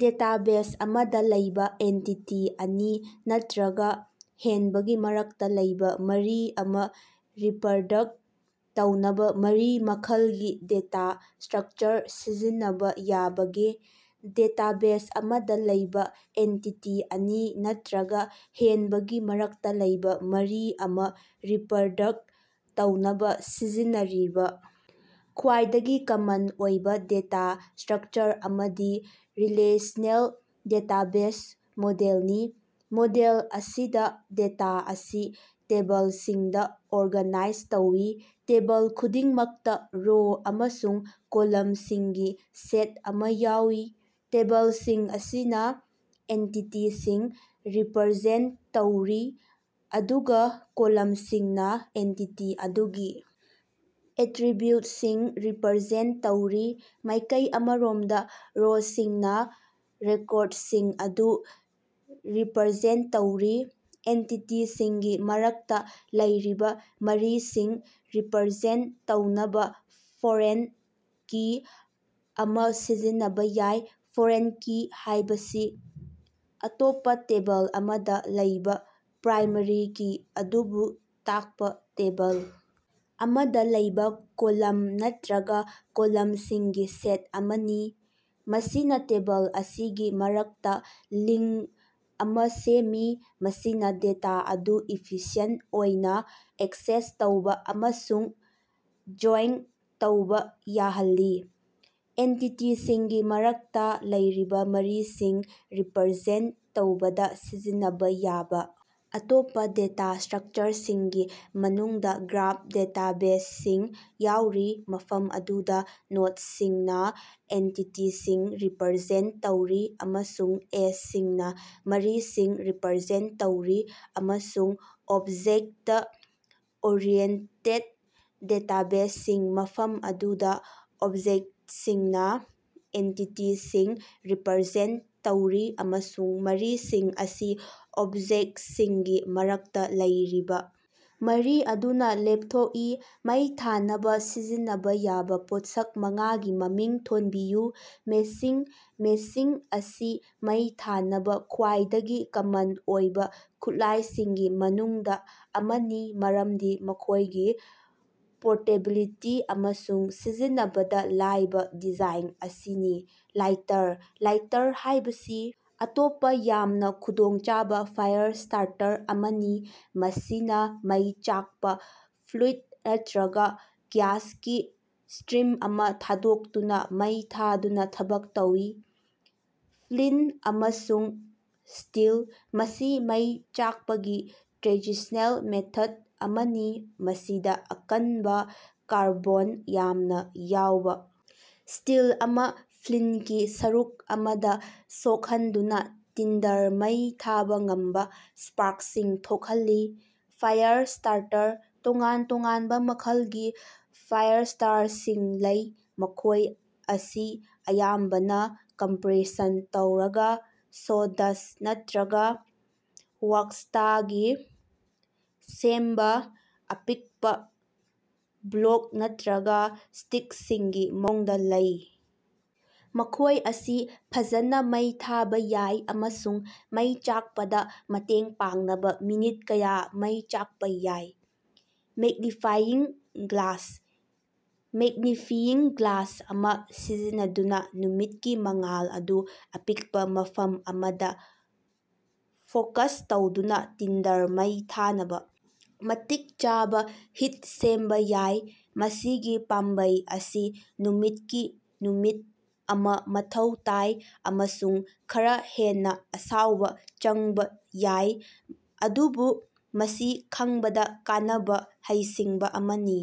Database ꯑꯃꯗꯥ ꯂꯩꯕꯥ entity ꯑꯅꯤ ꯅꯠꯇꯔꯒ ꯍꯦꯟꯕꯒꯤ ꯃꯔꯛꯇ ꯂꯩꯕꯥ ꯃꯔꯤ ꯑꯃꯥ ꯔꯤꯄꯔꯗꯛ ꯇꯧꯅꯕꯥ ꯀꯔꯤ ꯃꯈꯜꯒꯤ ꯗꯦꯇꯥ ꯁ꯭ꯇꯔꯛꯆꯔ ꯁꯤꯖꯤꯟꯅꯕꯥ ꯌꯥꯕꯒꯦ? ꯗꯦꯇꯥꯕꯦꯖ ꯑꯃꯗ ꯂꯩꯕꯥ ꯑꯦꯟꯇꯤꯇꯤ ꯑꯅꯤ ꯅꯠꯇꯔꯒ ꯍꯦꯟꯕꯒꯤ ꯃꯔꯛꯇ ꯂꯩꯕꯥ ꯃꯔꯤ ꯑꯃꯥ ꯔꯤꯄꯔꯗꯛ ꯇꯧꯅꯕꯥ ꯁꯤꯖꯤꯟꯅꯔꯤꯕꯥ ꯈ꯭ꯋꯥꯏꯗꯒꯤ ꯀꯃꯟ ꯑꯣꯏꯕ ꯗꯦꯇꯥ ꯁ꯭ꯇꯔꯛꯆꯔ ꯑꯃꯗꯤ ꯔꯤꯂꯦꯁꯅꯦꯜ ꯗꯦꯇꯥꯕꯦꯖ ꯃꯣꯗꯦꯜꯅꯤ꯫ ꯃꯣꯗꯦꯜ ꯑꯁꯤꯗꯥ ꯗꯦꯇꯥ ꯑꯁꯤ ꯇꯦꯕꯜꯁꯤꯡꯗꯥ ꯑꯣꯔꯒꯅꯥꯏꯖ ꯇꯧꯏ, ꯇꯦꯕꯜ ꯈꯨꯗꯤꯡꯃꯛꯇꯥ ꯔꯣ ꯑꯃꯁꯨꯡ ꯀꯣꯂꯝꯁꯤꯡꯒꯤ ꯁꯦꯠ ꯑꯃꯥ ꯌꯥꯎꯏ꯫ ꯇꯦꯕꯜꯁꯤꯡ ꯑꯁꯤꯅ ꯑꯦꯟꯇꯤꯇꯤꯁꯤꯡ ꯔꯤꯄꯔꯖꯦꯟ ꯇꯧꯔꯤ, ꯑꯗꯨꯒꯥ ꯀꯣꯂꯝꯁꯤꯡꯅ ꯑꯦꯟꯇꯤꯇꯤ ꯑꯗꯨꯒꯤ ꯑꯦꯇꯔꯤꯕ꯭ꯌꯨꯠꯁꯤꯡ ꯔꯤꯄꯔꯖꯦꯟ ꯇꯧꯔꯤ꯫ ꯃꯥꯏꯀꯩ ꯑꯃꯔꯣꯝꯗ ꯔꯣꯁꯤꯡꯅꯥ ꯔꯦꯀꯣꯔꯗꯁꯤꯡ ꯑꯗꯨ ꯔꯤꯄꯔꯖꯦꯟꯠ ꯇꯧꯔꯤ꯫ ꯑꯦꯟꯇꯤꯇꯤꯁꯤꯡꯒꯤ ꯃꯔꯛꯇꯥ ꯂꯩꯔꯤꯕꯥ ꯃꯔꯤꯁꯤꯡ ꯔꯤꯄꯔꯖꯦꯟꯇ ꯇꯧꯅꯕꯥ ꯐꯣꯔꯦꯟ ꯀꯤ ꯑꯃꯥ ꯁꯤꯖꯤꯟꯅꯕ ꯌꯥꯏ꯫ ꯐꯣꯔꯦꯟ ꯀꯤ ꯍꯥꯏꯕꯁꯤ ꯑꯇꯣꯞꯄꯥ ꯇꯦꯕꯜ ꯑꯃꯗ ꯂꯩꯕꯥ ꯄ꯭ꯔꯥꯏꯃꯥꯔꯤ ꯀꯤ ꯑꯗꯨꯕꯨ ꯇꯥꯛꯄꯥ ꯇꯦꯕꯜ ꯑꯃꯗꯥ ꯂꯩꯕꯥ ꯀꯣꯂꯝ ꯅꯠꯇꯔꯒꯥ ꯀꯣꯂꯝꯁꯤꯡꯒꯤ ꯁꯦꯠ ꯑꯃꯅꯤ꯫ ꯃꯁꯤꯅꯥ ꯇꯦꯕꯜ ꯑꯅꯤꯒꯤ ꯃꯔꯛꯇꯥ ꯂꯤꯡ ꯑꯃꯥ ꯁꯦꯝꯃꯤ, ꯃꯁꯤꯅ ꯗꯦꯇꯥ ꯑꯗꯨ ꯏꯐꯤꯁꯤꯑꯦꯟꯠ ꯑꯣꯏꯅꯥ ꯑꯦꯛꯁꯦꯁ ꯇꯧꯕꯥ ꯑꯃꯁꯨꯡ ꯖꯣꯏꯟꯠ ꯇꯧꯕꯥ ꯌꯥꯍꯜꯂꯤ꯫ ꯑꯦꯟꯇꯤꯇꯤꯁꯤꯡꯒꯤ ꯃꯔꯛꯇ ꯂꯩꯔꯤꯕ ꯃꯔꯤꯁꯤꯡ ꯔꯤꯄꯔꯖꯦꯟꯠ ꯇꯧꯕꯗ ꯁꯤꯖꯤꯟꯅꯕꯥ ꯌꯥꯕꯥ ꯑꯇꯣꯞꯄ ꯗꯦꯇꯥ ꯁ꯭ꯇꯔꯛꯆꯔꯁꯤꯡꯒꯤ ꯃꯅꯨꯡꯗꯥ ꯒ꯭ꯔꯥꯐ ꯗꯦꯇꯥꯕꯦꯖꯁꯤꯡ ꯌꯥꯎꯔꯤ, ꯃꯐꯝ ꯑꯗꯨꯗꯥ ꯅꯣꯗꯁꯤꯡꯅꯥ ꯑꯦꯟꯇꯤꯇꯤꯁꯤꯡ ꯔꯤꯄꯔꯖꯦꯟꯇ ꯇꯧꯔꯤ ꯑꯃꯁꯨꯡ ꯑꯦꯖꯁꯤꯡꯅ ꯃꯔꯤꯁꯤꯡ ꯔꯤꯄꯔꯖꯦꯟꯇ ꯇꯧꯔꯤ, ꯑꯃꯁꯨꯡ ꯑꯣꯕꯖꯦꯛꯇ-ꯑꯣꯔꯤꯑꯦꯟꯇꯦꯗ ꯗꯦꯇꯥꯕꯦꯖꯁꯤꯡ, ꯃꯐꯝ ꯑꯗꯨꯗꯥ ꯑꯣꯕꯖꯦꯛꯇꯁꯤꯡꯅ ꯑꯦꯟꯇꯤꯇꯤꯁꯤꯡ ꯔꯤꯄꯔꯖꯦꯟꯠ ꯇꯧꯔꯤ ꯑꯃꯁꯨꯡ ꯃꯔꯤꯁꯤꯡ ꯑꯁꯤ ꯑꯣꯕꯖꯦꯛꯠꯁꯤꯡꯒꯤ ꯃꯔꯛꯇ ꯂꯩꯔꯤꯕꯥ ꯃꯔꯤ ꯑꯗꯨꯅ ꯂꯦꯞꯊꯣꯛꯏ꯫ ꯃꯩ ꯊꯥꯅꯕꯥ ꯁꯤꯖꯤꯟꯅꯕꯥ ꯌꯥꯕꯥ ꯄꯣꯠꯁꯛ ꯃꯉꯥꯒꯤ ꯃꯃꯤꯡ ꯊꯣꯟꯕꯤꯌꯨ꯫ ꯃꯦꯆꯁꯤꯡ: ꯃꯦꯆꯁꯤꯡ ꯑꯁꯤ ꯃꯩ ꯊꯥꯅꯕꯥ ꯈ꯭ꯋꯥꯏꯗꯒꯤ ꯀꯃꯟ ꯑꯣꯏꯕꯥ ꯈꯨꯠꯂꯥꯏꯁꯤꯡꯒꯤ ꯃꯅꯨꯡꯗꯥ ꯑꯃꯅꯤ ꯃꯔꯝꯗꯤ ꯃꯈꯣꯏꯒꯤ ꯄꯣꯔꯇꯦꯕꯤꯂꯤꯇꯤ ꯑꯃꯁꯨꯡ ꯁꯤꯖꯤꯟꯅꯕꯗ ꯂꯥꯏꯕ ꯗꯤꯖꯥꯏꯟ ꯑꯁꯤꯅꯤ꯫ ꯂꯥꯏꯇꯔ: ꯂꯥꯏꯇꯔ ꯍꯥꯏꯕꯁꯤ ꯑꯇꯣꯞꯄ ꯌꯥꯝꯅꯥ ꯈꯨꯗꯣꯡꯆꯥꯕꯥ ꯐꯥꯏꯔ ꯁ꯭ꯇꯥꯔꯇꯔ ꯑꯃꯅꯤ, ꯃꯁꯤꯅꯥ ꯃꯩ ꯆꯥꯛꯄꯥ ꯐ꯭ꯂꯨꯏꯗ ꯅꯠꯇꯔꯒ ꯒ꯭ꯌꯥꯁꯀꯤ ꯁ꯭ꯇꯔꯤꯝ ꯑꯃꯥ ꯊꯥꯗꯣꯛꯇꯨꯅꯥ ꯃꯩ ꯊꯥꯗꯨꯅꯥ ꯊꯕꯛ ꯇꯧꯏ꯫ ꯐ꯭ꯂꯤꯟꯇ ꯑꯃꯁꯨꯡ ꯁ꯭ꯇꯤꯜ: ꯃꯁꯤ ꯃꯩ ꯆꯥꯛꯄꯒꯤ ꯇ꯭ꯔꯦꯗꯤꯁꯅꯦꯜ ꯃꯦꯊꯗ ꯑꯃꯅꯤ, ꯃꯁꯤꯗꯥ ꯑꯀꯟꯕꯥ, ꯀꯥꯔꯕꯣꯟ ꯌꯥꯝꯅ ꯌꯥꯎꯕ ꯁ꯭ꯇꯤꯜ ꯑꯃꯥ ꯐ꯭ꯂꯤꯟꯇꯀꯤ ꯁꯔꯨꯛ ꯑꯃꯗꯥ ꯁꯣꯛꯍꯟꯗꯨꯅ ꯇꯤꯟꯗꯔ ꯃꯩ ꯊꯥꯕ ꯉꯝꯕꯥ ꯁ꯭ꯄꯥꯔꯛꯁꯤꯡ ꯊꯣꯛꯍꯜꯂꯤ꯫ ꯐꯥꯏꯌꯔ ꯁ꯭ꯇꯥꯔꯇꯔ: ꯇꯣꯉꯥꯟ-ꯇꯣꯉꯥꯟꯕꯥ ꯃꯈꯜꯒꯤ ꯐꯥꯏꯔꯁ꯭ꯇꯥꯔꯁꯤꯡ ꯂꯩ, ꯃꯈꯣꯏ ꯑꯁꯤ ꯑꯌꯥꯝꯕꯅꯥ ꯀꯝꯄꯔꯦꯁꯟ ꯇꯧꯔꯕꯥ ꯁꯣꯗꯁ꯭ꯠ ꯑꯃꯁꯨꯡ ꯋꯥꯛꯁꯇꯒꯤ ꯁꯦꯝꯕꯥ ꯑꯄꯤꯛꯄꯥ ꯕ꯭ꯂꯣꯛ ꯅꯠꯇꯔꯒ ꯁ꯭ꯇꯤꯛꯁꯤꯡꯒꯤ ꯃꯑꯣꯡꯗ ꯂꯩ, ꯃꯈꯣꯏ ꯑꯁꯤ ꯐꯖꯅ ꯃꯩ ꯊꯥꯕꯥ ꯌꯥꯏ ꯑꯃꯁꯨꯡ ꯃꯩ ꯆꯥꯛꯄꯗꯥ ꯃꯇꯦꯡ ꯄꯥꯡꯅꯕ ꯃꯤꯅꯤꯠ ꯀꯌꯥ ꯃꯩ ꯆꯥꯛꯄꯥ ꯌꯥꯏ꯫ ꯃꯦꯒ꯭ꯅꯤꯐꯥꯏꯌꯤꯡ ꯒ꯭ꯂꯥꯁ: ꯃꯦꯒ꯭ꯅꯤꯐꯤꯌꯤꯡ ꯒ꯭ꯂꯥꯁ ꯑꯃꯥ ꯁꯤꯖꯤꯟꯅꯗꯨꯅ ꯅꯨꯃꯤꯠꯀꯤ ꯃꯉꯥꯜ ꯑꯗꯨ ꯑꯄꯤꯛꯄ ꯃꯐꯝ ꯑꯃꯗ ꯐꯣꯀꯁ ꯇꯧꯗꯨꯅ ꯇꯤꯟꯗꯔ ꯃꯩ ꯊꯥꯅꯕꯥ ꯃꯇꯤꯛ ꯆꯥꯕꯥ ꯍꯤꯠ ꯁꯦꯝꯕꯥ ꯌꯥꯏ꯫ ꯃꯁꯤꯒꯤ ꯄꯥꯝꯕꯩ ꯑꯁꯤ ꯅꯨꯃꯤꯠꯀꯤ ꯅꯨꯃꯤꯠ ꯑꯃꯥ ꯃꯊꯧ ꯇꯥꯏ ꯑꯃꯁꯨꯡ ꯈꯔꯥ ꯍꯦꯟꯅꯥ ꯑꯁꯥꯎꯕꯥ ꯆꯪꯕꯥ ꯌꯥꯏ, ꯑꯗꯨꯕꯨ ꯃꯁꯤ ꯈꯪꯕꯗꯥ ꯀꯥꯟꯅꯕꯥ ꯍꯩꯁꯤꯡꯕꯥ ꯑꯃꯅꯤ꯫